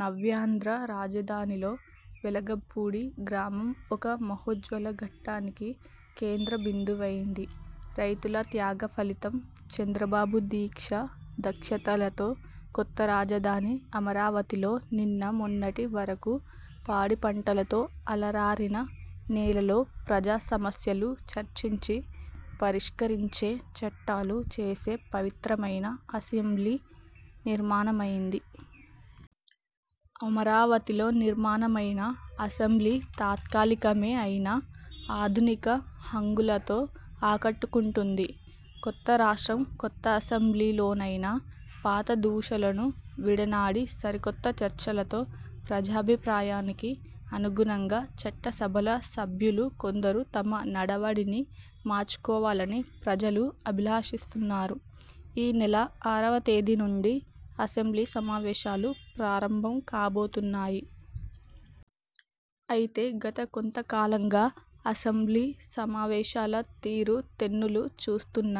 నవ్యాంధ్ర రాజధానిలో వెలగపూడి గ్రామం ఒక మహోజ్వల ఘట్టానికి కేంద్ర బిందువైంది. రైతుల త్యాగ ఫలితం, చంద్రబాబు దీక్ష దక్షతలతో కొత్త రాజధాని అమరావతిలో నిన్న మొన్నటి వరకు పాడి పంటలతో అలరారిన నేలలో ప్రజా సమస్యలు చర్చించి పరిష్కరించే, చట్టాలు చేసే పవిత్రమైన అసెంబ్లీ నిర్మాణమైంది. అమరావతిలో నిర్మాణమైన అసెంబ్లీ తాత్కాలికమే అయినా ఆధునిక హంగులతో ఆకట్టు కుంటుంది. కొత్త రాష్ట్రం కొత్త అసెంబ్లీ లోనైనా పాత దూషణలు విడనాడి సరికొత్త చర్చలతో ప్రజాభిప్రాయానికి అనుగుణంగా చట్ట సభల సభ్యులు కొందరు తమ నడవడిని మార్చుకోవాలని ప్రజలు అభిలా షిస్తున్నారు. ఈ నెల ఆరవ తేదీ నుండి అసెంబ్లీ సమావేశాలు ప్రారంభం కాబోతున్నాయి. అయితే గత కొంత కాలంగా అసెంబ్లీ సమావేశాల తీరు తెన్నులు చూస్తున్న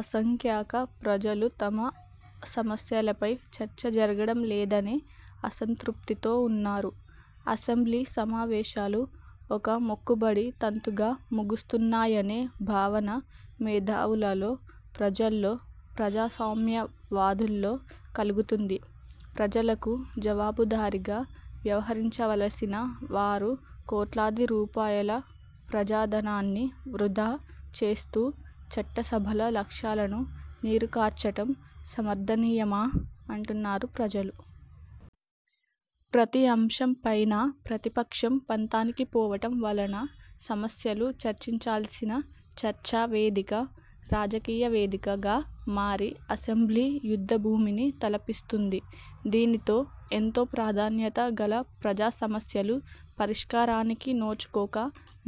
అసంఖ్యాక ప్రజలు తమ సమస్యలపై చర్చ జరగడం లేదనే అసంతృప్తితో ఉన్నారు. అసెంబ్లీ సమావేశాలు ఒక మొక్కుబడి తంతుగా ముగుస్తున్నాయనే భావన మేధావులలో, ప్రజల్లో, ప్రజాస్వామ్యవాధుల్లో కలుగుతుంది. ప్రజలకు జవాబు దారీగా వ్యవహరించవలసిన వారు కోట్లాది రూపాయల ప్రజా ధనాన్ని వృథా చేస్తూ చట్ట సభల లక్ష్యాలను నీరు కార్చటం సమర్థనీయమా అంటున్నారు ప్రజలు. ప్రతి అంశం పైనా ప్రతిపక్షం పంతానికి పోవటం వలన సమస్యలు చర్చించాల్సిన చర్చా వేదిక రాజకీయ వేదిక గా మారి అసెంబ్లీ యుద్ధ భూమిని తలపిస్తుంది. దీనితో ఎంతో ప్రాధాన్యత గల ప్రజా సమస్యలు పరిష్కారానికి నోచుకోక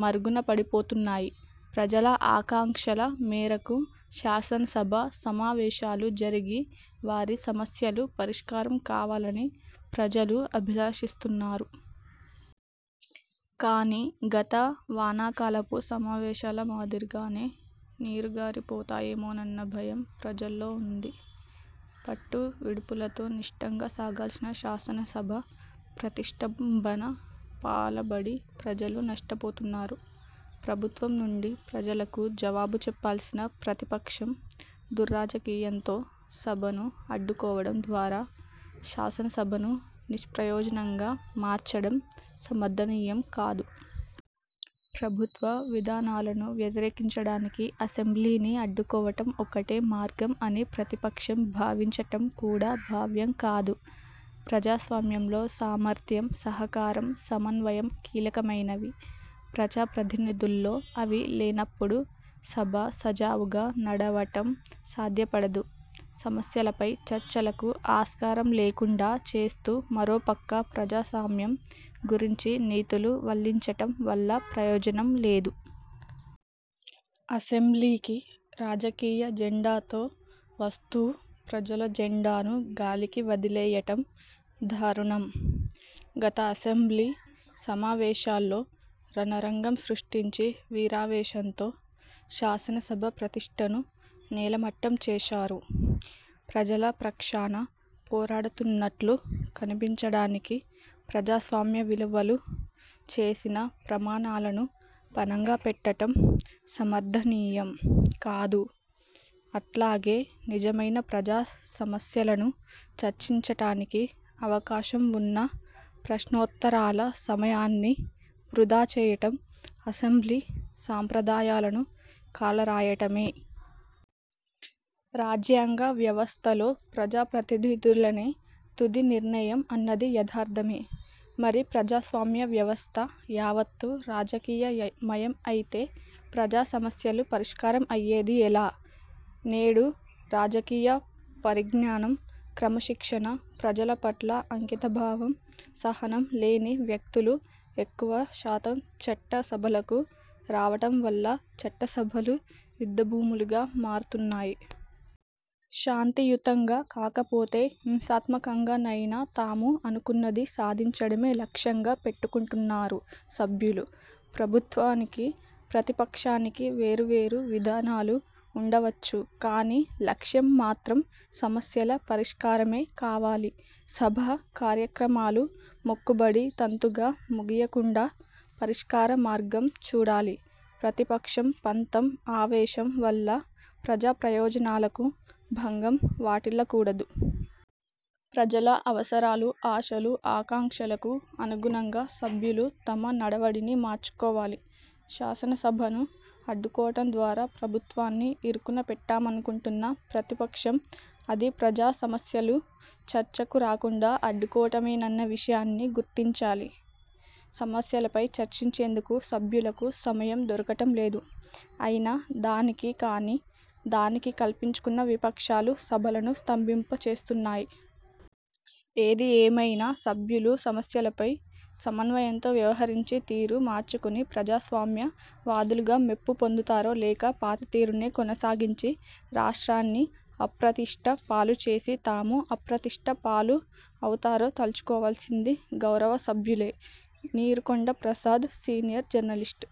మరుగున పడిపోతున్నాయి. ప్రజల ఆకాంక్షల మేరకు శాసనసభ సమావేశాలు జరిగి వారి సమస్యలు పరిష్కారం కావాలని ప్రజలు అభిలాషిస్తున్నారు. కాని గత వానాకాలపు సమావేశాల మాదిరి గానే నీరుగారి పోతాయేమోనన్న భయం ప్రజల్లో ఉంది. పట్టు విడుపులతో నిష్టగా సాగాల్సిన శాసనసభ ప్రతిష్టంభన పాలబడి ప్రజలు నష్టపోతున్నారు. ప్రభుత్వం నుండి ప్రజలకు జవాబు చెప్పాల్సిన ప్రతి పక్షం ధుర్రాజకీయంతో సభను అడ్డు కోవటం ద్వారా శాసనసభను నిష్ప్రయోజనంగా మార్చడం సమర్థనీయం కాదు. ప్రభుత్వ విధానాలను వ్యతిరేకించడానికి అసెంబ్లీ ని అడ్డుకోవటం ఒక్కటే మార్గం అని ప్రతిపక్షం భావించటం కూడా భావ్యం కాదు. ప్రజాస్వామ్యంలో సామర్ధ్యం, సహకారం, సమన్వయం కీలకమైనవి. ప్రజా ప్రతినిధుల్లో అవి లేనప్పుడు సభ సజావుగా నడవటం సాధ్యపడదు. సమస్యలపై చర్చలకు ఆస్కారం లేకుండా చేస్తూ మరోపక్క ప్రజాసామ్యం గురించి నీతులు వల్లించటం వల్ల ప్రయోజనం లేదు. అసెంబ్లీకి రాజకీయ ఎజెండాతో వస్తూ ప్రజల ఎజెండాను గాలికి వదిలేయటం ధారుణం. గత అసెంబ్లీ సమావేశాల్లో రణరంగం సృష్టించి వీరావేశంతో శాసనసభ ప్రతిష్టను నేలమట్టం చేశారు. ప్రజల పక్షాన పోరాడుతున్నట్లు కనిపించడానికి ప్రజాస్వామ్య విలువలు, చేసిన ప్రమాణాలను పణంగా పెట్టటం సమర్ధనీయం కాదు. అట్లాగే నిజమైన ప్రజా సమస్యలను చర్చించటానికి అవకాశం ఉన్న ప్రశ్నోత్తరాల సమయాన్ని వృధా చేయటం అసెంబ్లీ సాంప్రధాయలను కాల రాయటమే. రాజ్యాంగ వ్యవస్థలో ప్రజా ప్రతినిదులధే తుది నిర్ణయం అన్నది యధార్థమే. మరి ప్రజాస్వామ్య వ్యవస్థ యావత్తు రాజకీయ మయం అయితే ప్రజా సమస్యలు పరిష్కారం అయ్యేది ఎలా? నేడు రాజకీయ పరిజ్ఞ్యానం, క్రమశిక్షణ, ప్రజల పట్ల అంకిత భావం, సహనం లేని వ్యక్తులు ఎక్కువ శాతం చట్ట సభలకు రావటం వల్ల చట్ట సభలు యుద్ధ భూములుగా మారుతున్నాయి. శాంతి యుతంగా కాకపోతే హింసాత్మకంగా నైనా తాము అనుకున్నది సాధించడమే లక్ష్యంగా పెట్టుకుంటున్నారు సభ్యులు. ప్రభుత్వానికి, ప్రతిపక్షానికి వేరువేరు విధానాలు ఉండవచ్చు, కానీ లక్ష్యం మాత్రం సమస్యల పరిష్కారమే కావాలి. సభా కార్యక్రమాలు మొక్కుబడి తంతుగా ముగియకుండా పరిష్కార మార్గం చూడాలి. ప్రతిపక్షం పంతం, ఆవేశం వల్ల ప్రజా ప్రయోజనాలకు భంగం వాటిల్లకూడదు. ప్రజల అవసరాలు, ఆశలు, ఆకాంక్షలకు అనుగుణంగా సభ్యులు తమ నడవడిని మార్చుకోవాలి. శాసనసభను అడ్డుకోవటం ద్వారా ప్రభుత్వాన్ని ఇరుకున పెట్టామనుకుంటున్న ప్రతి పక్షం అది ప్రజా సమస్యలు చర్చకు రాకుండా అడ్డుకోవటమేనన్నవిషయాన్ని గుర్తించాలి. సమస్యలపై చర్చించేందుకు సభ్యులకు సమయం దొరకటం లేదు. అయిన దానికి కాని దానికి కల్పించుకుని విపక్షాలు సభలను స్తంభింప చేస్తున్నాయి. ఏది ఏమైనా సభ్యులు సమస్యలపై సమన్వయంతో వ్యవహరించి తీరు మార్చుకుని ప్రజాస్వామ్య వాదులుగా మెప్పు పొందుతారో లేక పాత తీరునే కొనసాగించి రాష్ట్రాన్ని అప్రతిష్ట పాలు చేసి తాము అప్రతిష్ట పాలు అవుతారో తల్చుకోవాల్సింది గౌరవ సభ్యులే. Neerukonda Prasad senior journalist